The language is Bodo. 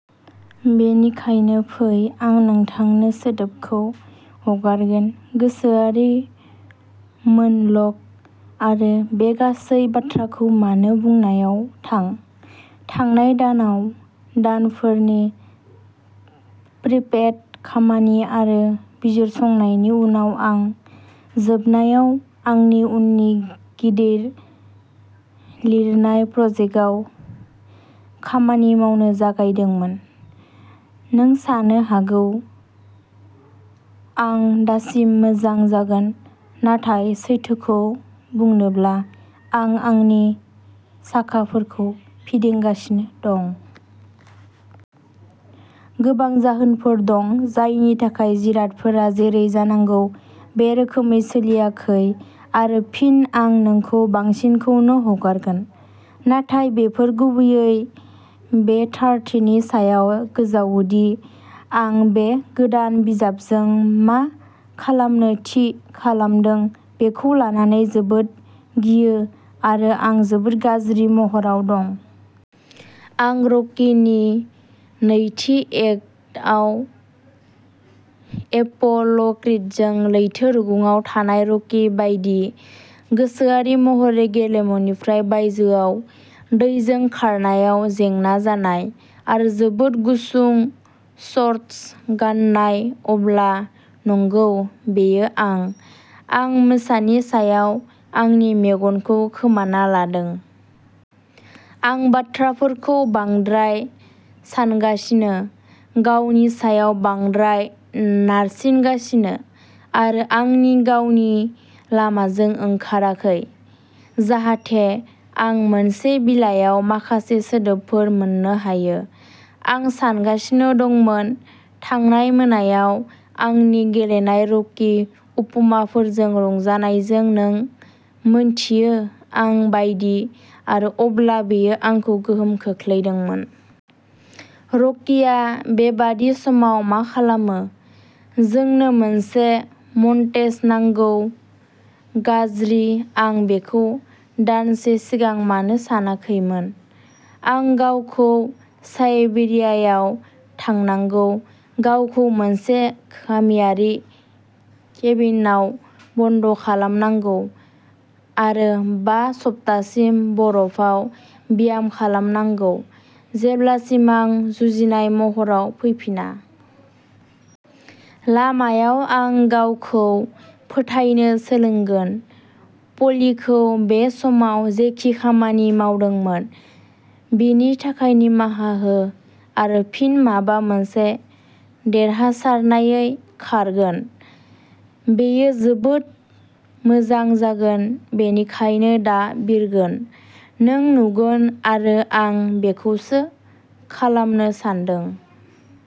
बेनिखायनो फै! आं नोंथांनो सोदोबखौ हगारगोन, गोसोआरि मोन'ल'ग आरो बे गासै बाथ्राखौ "मानो" बुंनायाव थां। थांनाय दानाव-दानफोरनि प्रिपेट खामानि आरो बिजिरसंनायनि उनाव-आं जोबनायाव आंनि उननि गिदिर लिरनाय प्रजेक्टआव खामानि मावनो जागायदोंमोन। नों सानो हागौ आं दासिम मोजां जागोन, नाथाय, सैथोखौ बुंनोब्ला, आं आंनि साखाफोरखौ फिदिंगासिनो दं। गोबां जाहोनफोर दं जायनि थाखाय जिरादफोरा जेरै जानांगौ बे रोखोमै सोलियाखै-आरो फिन, आं नोंखौ बांसिनखौनो हगारगोन। नाथाय बेफोर गुबैयै बे थारथिनि सायाव गोजावो दि आं बे गोदान बिजाबजों मा खालामनो थि खालामदों बेखौ लानानै जोबोद गियोआरो आं जोबोद गाज्रि महराव दं। आं रकि नि नैथि एक्टआव एप'ल'क्रिडजों लैथो रुगुंआव थानाय रकि बायदि। गोसोआरि महरै गेलेमुनिफ्राय बायजोआव, दैजों खारनायाव जेंना जानाय, आरो जोबोद गुसुं शर्टस गान्नाय। अब्ला नंगौ, बेयो आं। आं मोसानि सायाव आंनि मेगनखौ खोमाना लादों। आं बाथ्राफोरखौ बांद्राय सानगासिनो, गावनि सायाव बांद्राय नारसिनगासिनो, आरो आंनि गावनि लामाजों ओंखाराखै जाहाथे आं मोनसे बिलायाव माखासे सोदोबफोर मोन्नो हायो। आं सानगासिनो दंमोन। थांनाय मोनायाव, आंनि गेलेनाय रकि उपमाफोरजों रंजानायजों-- नों मिन्थियो आं बायदि-- आरो अब्ला बेयो आंखौ गोहोम खोख्लैदोंमोन। रकिआ बेबादि समाव मा खालामो? जोंनो मोनसे मन्टेज नांगौ। गाज्रि, आं बेखौ दानसे सिगां मानो सानाखैमोन? आं गावखौ साइबेरियायाव थांनांगौ, गावखौ मोनसे गामियारि केबिनआव बन्द'खालामनांगौ, आरो बा सप्तासिम बरफआव ब्याम खालामनांगौ जेब्लासिम आं जुजिनाय महराव फैफिना। लामायाव, आं गावखौ फोथायनो सोलोंगोन, प'लिखौ बे समाव जेखि खामानि मावदोंमोन बिनि थाखाय निमाहा हो, आरो फिन माबा मोनसे देरहासारनायै खारगोन! बेयो जोबोद मोजां जागोन! बेनिखायनो दा बिरगोन, नों नुगोन। आरो आं बेखौसो खालामनो सानदों।